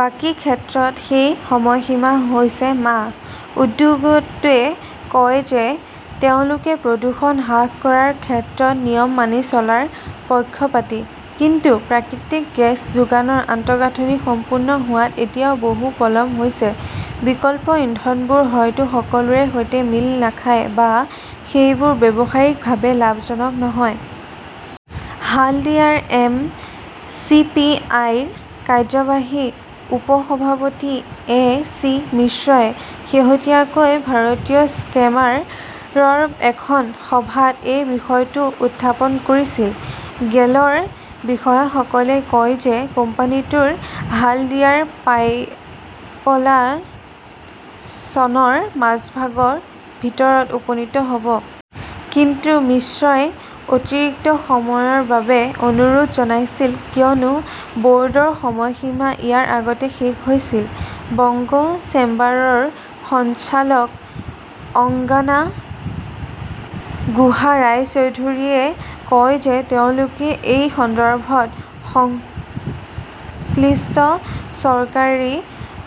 বাকী ক্ষেত্ৰত সেই সময়সীমা হৈছে মাহ। উদ্যোগটোৱে কয় যে তেওঁলোকে প্ৰদূষণ হ্ৰাস কৰাৰ ক্ষেত্ৰত নিয়ম মানি চলাৰ পক্ষপাতী। কিন্তু প্ৰাকৃতিক গেছ যোগানৰ আন্তঃগাঁথনি সম্পূৰ্ণ হোৱাত এতিয়াও বহুত পলম হৈছে। বিকল্প ইন্ধনবোৰ হয়তো সকলোৰে সৈতে মিল নাখায়, বা সেইবোৰ ব্যৱসায়িকভাৱে লাভজনক নহয়। হালদিয়াৰ এম. চি. পি. আই. ৰ কাৰ্যবাহী উপ-সভাপতি এ. চি. মিশ্ৰই শেহতীয়াকৈ ভাৰতীয় চেম্বাৰৰ এখন সভাত এই বিষয়টো উত্থাপন কৰিছিল। গেলৰ বিষয়াসকলে কয় যে কোম্পানীটোৰ হালদিয়াৰ পাইপলাইন চনৰ মাজভাগৰ ভিতৰত উপনীত হ 'ব। কিন্তু মিশ্ৰই অতিৰিক্ত সময়ৰ বাবে অনুৰোধ জনাইছিল কিয়নো ব "ৰ্ডৰ সময়সীমা ইয়াৰ আগতে শেষ হৈছিল। বংগ চেম্বাৰৰ সঞ্চালক অঙ্গনা গুহা ৰায়চৌধৰীয়ে কয় যে তেওঁলোকে এই সন্দৰ্ভত সংশ্লিষ্ট চৰকাৰী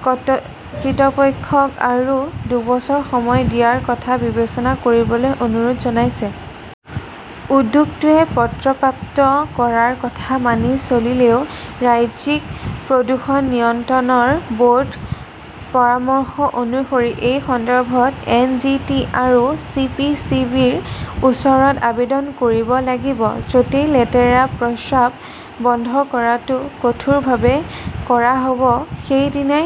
কৰ্তৃপক্ষক আৰু দুবছৰ সময় দিয়াৰ কথা বিবেচনা কৰিবলৈ অনুৰোধ জনাইছে। উদ্যোগটোৱে পত্ৰ প্ৰাপ্ত কৰাৰ কথা মানি চলিলেও ৰাজ্যিক প্ৰদূষণ নিয়ন্ত্ৰণ ব "ৰ্ডৰ পৰামৰ্শ অনুসৰি এই সন্দৰ্ভত এন. জি. টি. আৰু চি. পি. চি. বি. -ৰ ওচৰত আবেদন কৰিব লাগিব। য 'তেই লেতেৰা, প্ৰস্ৰাৱ বন্ধ কৰাটো কঠোৰভাৱে কৰা হ' ব সেইদিনা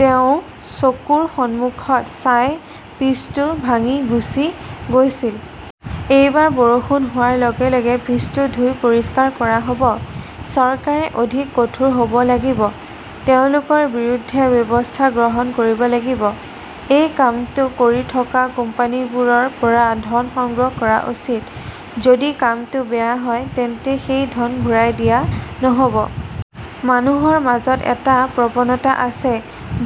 তেওঁ চকুৰ সন্মুখত চাই পিচটো ভাঙি গুচি গৈছিল। এবাৰ বৰষুণ হোৱাৰ লগে লগে পিচটো ধুই পৰিষ্কাৰ কৰা হয়। চৰকাৰে অধিক কঠোৰ হ "ব লাগিব। তেওঁলোকৰ বিৰুদ্ধে ব্যৱস্থা গ্ৰহণ কৰিব লাগিব। এই কামটো কৰি থকা কোম্পানীবোৰৰ পৰা ধন সংগ্ৰহ কৰা উচিত। যদি কামটো বেয়া হয় তেন্তে সেই ধন ঘূৰাই দিয়া নহ 'ব। মানুহৰ মাজত এটা প্ৰৱণতা আছে,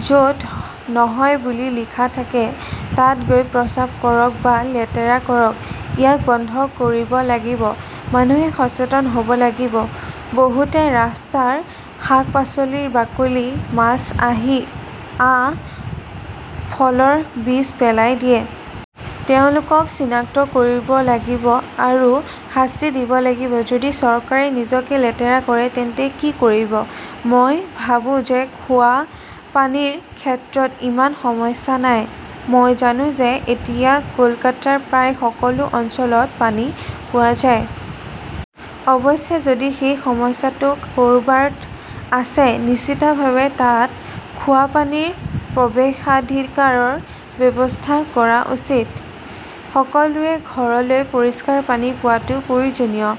য 'ত' নহয় 'বুলি লিখা থাকে, তাত গৈ প্ৰস্ৰাৱ কৰক বা লেতেৰা কৰক। ইয়াক বন্ধ কৰিব লাগিব। মানুহে সচেতন হ "ব লাগিব। বহুতে ৰাস্তাত শাক-পাচলিৰ বাকলি, মাছৰ আঁহ, ফলৰ বীজ পেলাই দিয়ে। তেওঁলোকক চিনাক্ত কৰিব লাগিব আৰু শাস্তি দিব লাগিব। যদি চৰকাৰে নিজকে লেতেৰা কৰে তেন্তে কি কৰিব? মই ভাবো যে খোৱা পানীৰ ক্ষেত্ৰত ইমান সমস্যা নাই। মই জানো যে এতিয়া কলকাতাৰ প্ৰায় সকলো অঞ্চলত পানী পোৱা যায়। অৱশ্যে, যদি সেই সমস্যাটো ক "ৰবাত আছে, নিশ্চিতভাৱে তাত খোৱা পানীৰ প্ৰৱেশাধিকাৰৰ ব্যৱস্থা কৰা উচিত। সকলোৰে ঘৰলৈ পৰিষ্কাৰ পানী পোৱাটো প্ৰয়োজনীয়।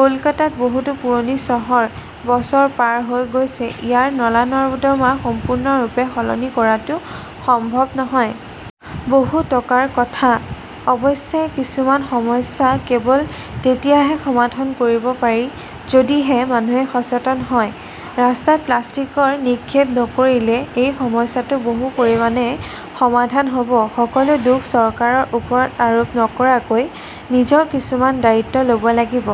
কলকাতা বহু পুৰণি চহৰ। বছৰ পাৰ হৈ গৈছে। ইয়াৰ নলা-নৰ্দমা সম্পূৰ্ণৰূপে সলনি কৰাটো সম্ভৱ নহয়। বহুত টকাৰ কথা। অৱশ্যে, কিছুমান সমস্যা কেৱল তেতিয়াহে সমাধান কৰিব পাৰি যদিহে মানুহে সচেতন হয়। ৰাস্তাত প্লাষ্টিক নিক্ষেপ নকৰিলে এই সমস্যাটো বহু পৰিমাণে সমাধান হ "ব। সকলো দোষ চৰকাৰৰ ওপৰত আৰোপ নকৰাকৈ নিজৰ কিছুমান দায়িত্ব ল "ব লাগিব।